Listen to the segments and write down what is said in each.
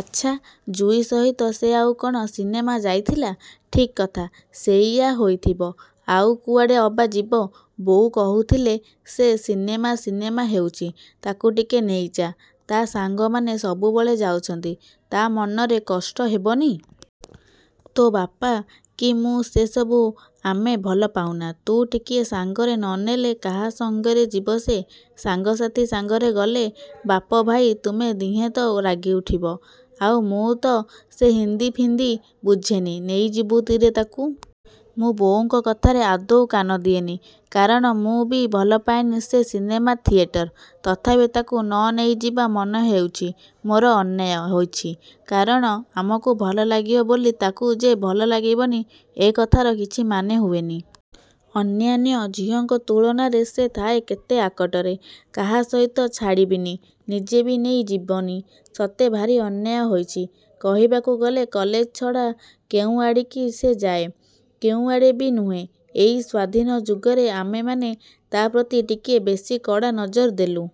ଆଚ୍ଛା, ଯୁଇ ସହିତ ସେ ଆଉ କ'ଣ ସିନେମା ଯାଇଥିଲା-? ଠିକ୍ କଥା, ସେଇଆ ହୋଇଥିବ। ଆଉ କୁଆଡ଼େ ଅବା ଯିବ। ବୋଉ କହୁଥିଲେ ସେ ସିନେମା ସିନେମା ହେଉଛି, ତାକୁ ଟିକେ ନେଇଯା। ତା' ସାଙ୍ଗମାନେ ସବୁବେଳେ ଯାଉଛନ୍ତି। ତା' ମନରେ କଷ୍ଟ ହେବନି? ତୋ ବାପା, କି ମୁଁ ସେସବୁ ଆମେ ଭଲପାଉନା। ତୁ ଟିକିଏ ସାଙ୍ଗରେ ନ ନେଲେ କାହା ସଙ୍ଗରେ ଯିବ ସେ। ସାଙ୍ଗସାଥି ସାଙ୍ଗରେ ଗଲେ ବାପ ଭାଇ ତୁମେ ଦିହେଁ ତ ରାଗିଉଠିବ-। ଆଉ ମୁଁ ତ ସେ ହିନ୍ଦି ଫିନ୍ଦି ବୁଝେନି। ନେଇଯିବୁ ତିରେ ତାକୁ। ମୁଁ ବୋଉଙ୍କ କଥାରେ ଆଦୌ କାନ ଦିଏନି। କାରଣ ମୁଁ ବି ଭଲପାଏନି ସେ ସିନେମା ଥିଏଟର। ତଥାପି ତାକୁ ନ ନେଇଯିବା ମନେହେଉଛି ମୋର ଅନ୍ୟାୟ ହୋଇଛି। କାରଣ ଆମକୁ ଭଲଲାଗିବ ବୋଲି ତାକୁ ଯେ ଭଲ ଲାଗିବନି ଏ କଥାର କିଛି ମାନେ ହୁଏନି। ଅନ୍ୟାନ୍ୟ ଝିଅଙ୍କ ତୁଳନାରେ ସେ ଥାଏ କେତେ ଆକଟରେ। କାହା ସହିତ ଛାଡ଼ିବିନି। ନିଜେ ବି ନେଇ ଯିବନି। ସତେ ଭାରି ଅନ୍ୟାୟ ହୋଇଛି। କହିବାକୁ ଗଲେ କଲେଜ ଛଡ଼ା କେଉଁ ଆଡ଼ିକି ସେ ଯାଏ? କେଉଁଆଡ଼େ ବି ନୁହେଁ। ଏଇ ସ୍ୱାଧୀନ ଯୁଗରେ ଆମେମାନେ ତା' ପ୍ରତି ଟିକିଏ ବେଶି କଡ଼ା ନଜର ଦେଲୁ।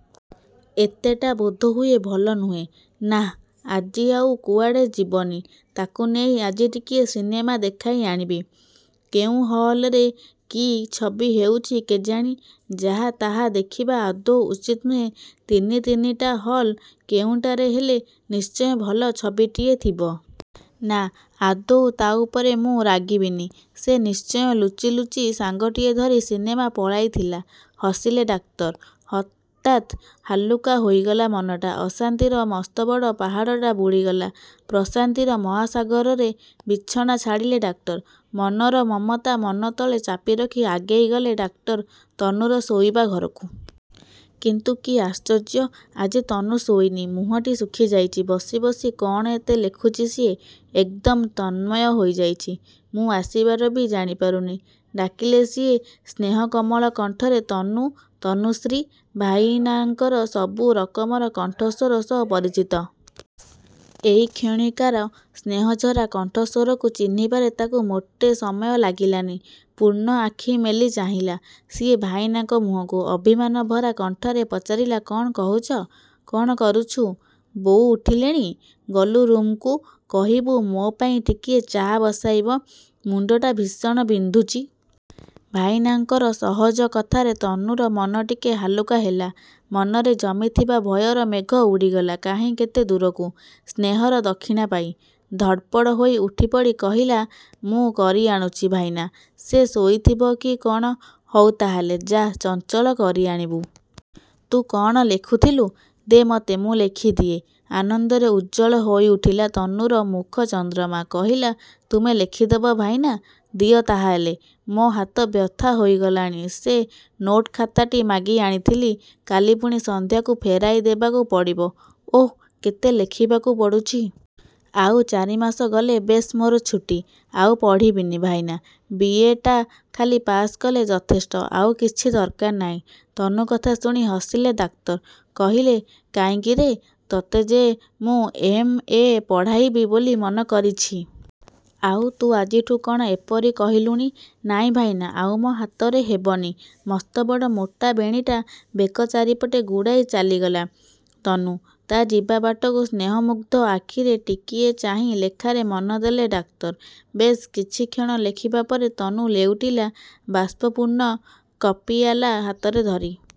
ଏତେଟା ବୋଧହୁଏ ଭଲ ନୁହେଁ। ନାଃ, ଆଜି ଆଉ କୁଆଡ଼େ ଯିବନି। ତାକୁ ନେଇ ଆଜି ଟିକିଏ ସିନେମା ଦେଖାଇ ଆଣିବି। କେଉଁ ହଲରେ କି ଛବି ହେଉଛି କେଜାଣି? ଯାହା ତାହା ଦେଖିବା ଆଦୌ ଉଚିତ୍ ନୁହେଁ। ତିନି ତିନିଟା ହଲ୍। କେଉଁଟାରେ ହେଲେ ନିଶ୍ଚୟ ଭଲ ଛବିଟିଏ ଥିବ। ନା, ଆଦୌ ତା' ଉପରେ ମୁଁ। ରାଗିବିନି। ସେ ନିଶ୍ଚୟ ଲୁଚି ଲୁଚି ସାଙ୍ଗଟିଏ ଧରି ସିନେମା ପଳାଇଥିଲା। ହସିଲେ ଡାକ୍ତର। ହଠାତ୍ ହାଲୁକା ହୋଇଗଲା ମନଟା। ଅଶାନ୍ତିର ମସ୍ତବଡ଼ ପାହାଡ଼ଟା ବୁଡ଼ିଗଲା ପ୍ରଶାନ୍ତିର ମହାସାଗରରେ। ବିଛଣା ଛାଡ଼ିଲେ ଡାକ୍ତର। ମନର ମମତା ମନ ତଳେ ଚାପି ରଖି ଆଗେଇଗଲେ ଡାକ୍ତର ତନୁର ଶୋଇବା ଘରକୁ-। କିନ୍ତୁ କି ଆଶ୍ଚର୍ଯ୍ୟ, ଆଜି ତନୁ ଶୋଇନି। ମୁହଁଟି ଶୁଖିଯାଇଛି। ବସି ବସି କ'ଣ ଏତେ ଲେଖୁଛି ସିଏ? ଏକଦମ୍ ତନ୍ମୟ ହୋଇଯାଇଛି। ମୁଁ ଆସିବାର ବି ଜାଣିପାରୁନି। ଡାକିଲେ ସିଏ ସ୍ନେହକୋମଳ କଣ୍ଠରେ, ତନୁ ତନୁଶ୍ରୀ ଭାଇନାଙ୍କର ସବୁ ରକମର କଣ୍ଠସ୍ୱର ସହ ପରିଚିତ। ଏଇକ୍ଷଣିକାର ସ୍ନେହଝରା କଣ୍ଠସ୍ୱରକୁ ଚିହ୍ନିବାରେ ତାକୁ ମୋଟେ ସମୟ ଲାଗିଲାନି। ପୂର୍ଣ୍ଣ ଆଖି ମେଲି ଚାହିଁଲା ସିଏ ଭାଇନାଙ୍କ ମୁହଁକୁ। ଅଭିମାନ ଭରା କଣ୍ଠରେ ପଚାରିଲା–କ'ଣ କହୁଛ? –କ'ଣ କରୁଛୁ? ବୋଉ ଉଠିଲେଣି? ଗଲୁ ରୁମ୍କୁ କହିବୁ ମୋ ପାଇଁ ଟିକିଏ ଚା ବସାଇବ। ମୁଣ୍ଡଟା ଭୀଷଣ ବିନ୍ଧୁଛି। ଭାଇନାଙ୍କର ସହଜ କଥାରେ ତନୁର ମନ ଟିକେ ହାଲୁକା ହେଲା। ମନରେ ଜମିଥିବା ଭୟର ମେଘ ଉଡ଼ିଗଲା କାହିଁ କେତେ ଦୂରକୁ ସ୍ନେହର ଦକ୍ଷିଣା ପାଇ। ଧଡ଼ପଡ଼ ହୋଇ ଉଠିପଡ଼ି କହିଲା–ମୁଁ କରି ଆଣୁଛି ଭାଇନା, ସେ ଶୋଇଥିବ କି କ'ଣ। ହଉ, ତାହେଲେ ଯା ଚଞ୍ଚଳ କରି ଆଣିବୁ। ତୁ କ'ଣ ଲେଖୁଥିଲୁ? ଦେ ମୋତେ ମୁଁ ଲେଖିଦିଏ। ଆନନ୍ଦରେ ଉଜ୍ଜ୍ୱଳ ହୋଇଉଠିଲା ତନୁର ମୁଖ ଚନ୍ଦ୍ରମା। କହିଲା–ତୁମେ ଲେଖିଦେବ ଭାଇନା? ଦିଅ ତାହାହେଲେ। ମୋ ହାତ ବ୍ୟଥା ହୋଇଗଲାଣି। ସେ ନୋଟ ଖାତାଟା ମାଗି ଆଣିଥିଲି। କାଲି ପୁଣି ସନ୍ଧ୍ୟାକୁ ଫେରାଇଦେବାକୁ ପଡ଼ିବ। ଓଃ, କେତେ ଲେଖିବାକୁ ପଡ଼ୁଛି! ଆଉ ଚାରିମାସ ଗଲେ ବେଶ୍ ମୋର ଛୁଟି। ଆଉ ପଢ଼ିବିନି ଭାଇନା। ବି. ଏଟା ଖାଲି ପାଶ୍ କଲେ ଯଥେଷ୍ଟ। ଆଉ କିଛି ଦରକାର ନାହିଁ। ତନୁ କଥା ଶୁଣି ହସିଲେ ଡାକ୍ତର। କହିଲେ କାଇଁକିରେ। ତୋତେ ଯେ ମୁଁ ଏମ୍. ଏ ପଢ଼ାଇବି ବୋଲି ମନ କରିଛି। ଆଉ ତୁ ଆଜିଠୁ କ'ଣ ଏପରି କହିଲୁଣି? ନାଇଁ ଭାଇନା, ଆଉ ମୋ ହାତରେ ହେବନି। ମସ୍ତବଡ଼ ମୋଟା ବେଣୀଟା ବେକ ଚାରିପଟେ ଗୁଡ଼ାଇ ଚାଲିଗଲା ତନୁ। ତା' ଯିବା ବାଟକୁ ସ୍ନେହମୁଗ୍ଧ ଆଖିରେ ଟିକିଏ ଚାହିଁ ଲେଖାରେ ମନଦେଲେ ଡାକ୍ତର। ବେଶ୍ କିଛିକ୍ଷଣ ଲେଖିବାପରେ ତନୁ ଲେଉଟିଲା ବାଷ୍ପପୂର୍ଣ୍ଣ କପ୍ପିଆଲା ହାତରେ ଧରି।